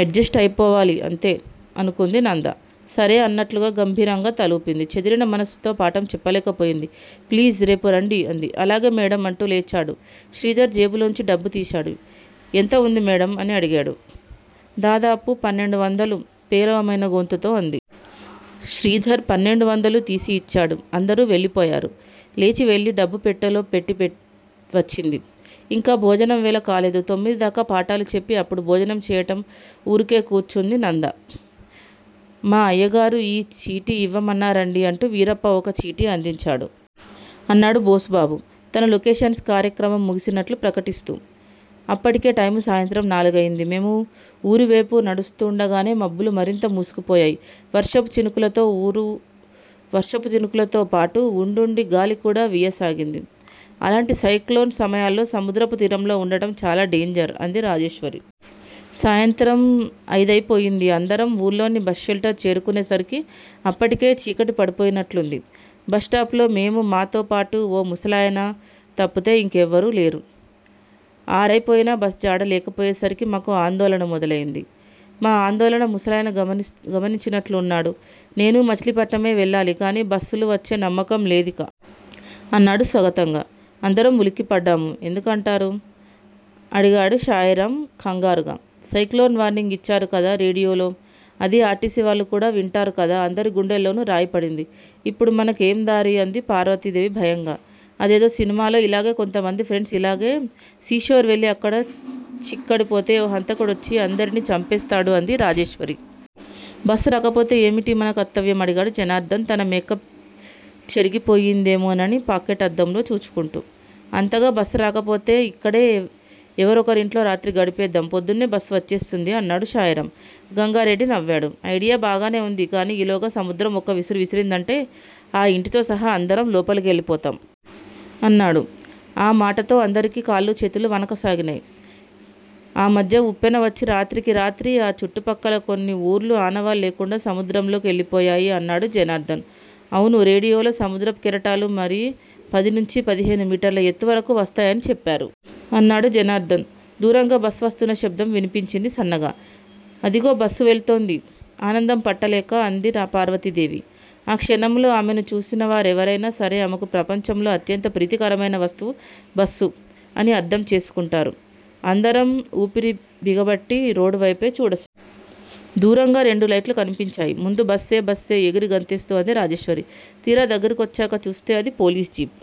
ఎడ్ just అయిపోవాలి అంతే!! అనుకుంది నంద. సరే అన్నట్లుగా గంభీరంగా తలూపింది. చెదిరిన మనస్సుతో పాఠం చెప్పలేకపోయింది. ప్లీజ్! రేపురండీ! అంది. అలాగే మేడమ్! అంటూ లేచాడు. శ్రీధర్ జేబులోంచి డబ్బు తీశాడు. ఎంత వుంది మేడమ్! అని అడిగేడు. దాదాపు పన్నెండువందలు! పేలవమైన గొంతుతో అంది. శ్రీధర్ పన్నెండువందలూ తీసి యిచ్చాడు. అందరూ వెళ్ళిపోయారు. లేచి వెళ్ళి డబ్బు పెట్టెలో పెట్టి వచ్చింది. ఇంకా భోజనం వేళ కాలేదు. తొమ్మిది దాకా పాఠాలు చెప్పి అప్పుడు భోజనం చేయటం. ఊరికే కూర్చుంది నంద. మా అయ్యగారు ఈ చీటీ ఇవ్వమన్నారండీ అంటూ వీరప్ప ఓ చీటీ అందించాడు. అన్నాడు బోసుబాబు తన లొకేషన్స్ కార్యక్రమం ముగిసినట్లు ప్రకటిస్తూ. అప్పటికే టైము సాయంత్రం నాలుగయింది. మేము ఊరివేపు నడుస్తూండగానే మబ్బులు మరింత మూసుకుపోయాయ్. వర్షపు చినుకులతో పాటు ఉండుండి గాలికూడా వీయసాగింది. అలాంటి సైక్లోన్ సమయాల్లో సముద్రపు తీరంలో ఉండడం చాలా డేంజర్- అంది రాజేశ్వరి. సాయంత్రం అయిదయిపోయింది. అందరం ఊళ్ళోని బస్ షెల్టర్ చేసుకునేసరికి అప్పటికే చీకటి పడిపోయినట్లుంది. బస్ స్టాప్ లో మేమూ, మాతోపాటు ఓ ముసలాయనా తప్పుతే ఇంకెవరూ లేరు. ఆరయిపోయినా బస్ జాడ లేకపోయేసరికి మాకు ఆందోళన మొదలయింది. మా ఆందోళన ముసలాయన గమనించినట్లున్నాడు. నేనూ మచిలీపట్నమే వెళ్ళాలి గానీ- బస్ లు వచ్చే నమ్మకం లేదిక! అన్నాడు స్వగతంగా. అందరం ఉలిక్కిపడ్డాము. ఎందుకంటారు? అడిగాడు శాయిరామ్ ఖంగారుగా. సైక్లోన్ వార్నింగ్ ఇచ్చారు కదా రేడియోలో? అదీ ఆర్టీసీ వాళ్ళు కూడా వింటారు కదా! అందరి గుండెల్లోనూ రాయిపడింది. ఇప్పుడు మనకేందారి? అంది పార్వతీదేవి భయంగా. అదేదో సినిమాలో ఇలాగే కొంతమంది ఫ్రెండ్స్ ఇలాగే సీషోర్ వెళ్ళి అక్కడ చిక్కడిపోతే ఓ హంతకుడొచ్చి అందరినీ చంపేస్తాడు- అంది రాజేశ్వరి. బస్ రాకపోతే ఏమిటి మన కర్తవ్యం? అడిగాడు జనార్ధన్ తన మేకప్ చెరగిపోయిందేమోనని పాకెట్ అద్దంలో చూచుకుంటూ. అంతగా బస్ రాకపోతే- ఇక్కడే ఎవరొకరింట్లో రాత్రి గడిపేద్దాం! పొద్దున్నే బస్ వచ్చేస్తుంది అన్నాడు శాయిరామ్. రంగారెడ్డి నవ్వాడు. అయిడియా బాగానే ఉంది గానీ ఈలోగా సముద్రం ఒక్క విసురు విసిరిందంటే ఆ ఇంటితో సహా అందరం లోపలికెళ్ళిపోతాం! అన్నాడు. ఆ మాటతో అందరికీ కాళ్ళూ చేతులు వణకసాగినయ్. ఆ మధ్య ఉప్పెనవచ్చి రాత్రికిరాత్రి ఆ చుట్టు పక్కల కొన్ని ఊళ్ళు ఆనవాల్లేకుండా సముద్రంలో కెళ్ళిపోయాయ్ అన్నాడు జనార్ధన్. అవును! రేడియోలో సముద్రపు కెరటాలు మరీ పది నుంచి పదిహేను మీటర్ల ఎత్తువరకు వస్తాయని చెప్పారు! అన్నాడు జనార్ధన్. దూరంగా బస్ వస్తున్న శబ్దం వినిపించింది సన్నగా. అదిగో! బస్సు వెళ్తోంది! ఆనందం పట్టలేక అంది పార్వతీదేవి. ఆ క్షణంలో ఆమెను చూసిన వారెవరయినా సరే- ఆమెకు ప్రపంచంలో అత్యంత ప్రీతికరమయిన వస్తువు 'బస్సు' అని అర్థం చేసుకుంటారు. అందరం ఊపిరి బిగపట్టి రోడ్ వేపే చూడసాగాం! దూరంగా రెండు లైట్లు కనిపించాయ్ ముందు. బస్సే-బస్సే ఎగిరి గంతేస్తూ అంది రాజేశ్వరి. తీరా దగ్గర కొచ్చాక చూస్తే అది పోలీస్ జీప్.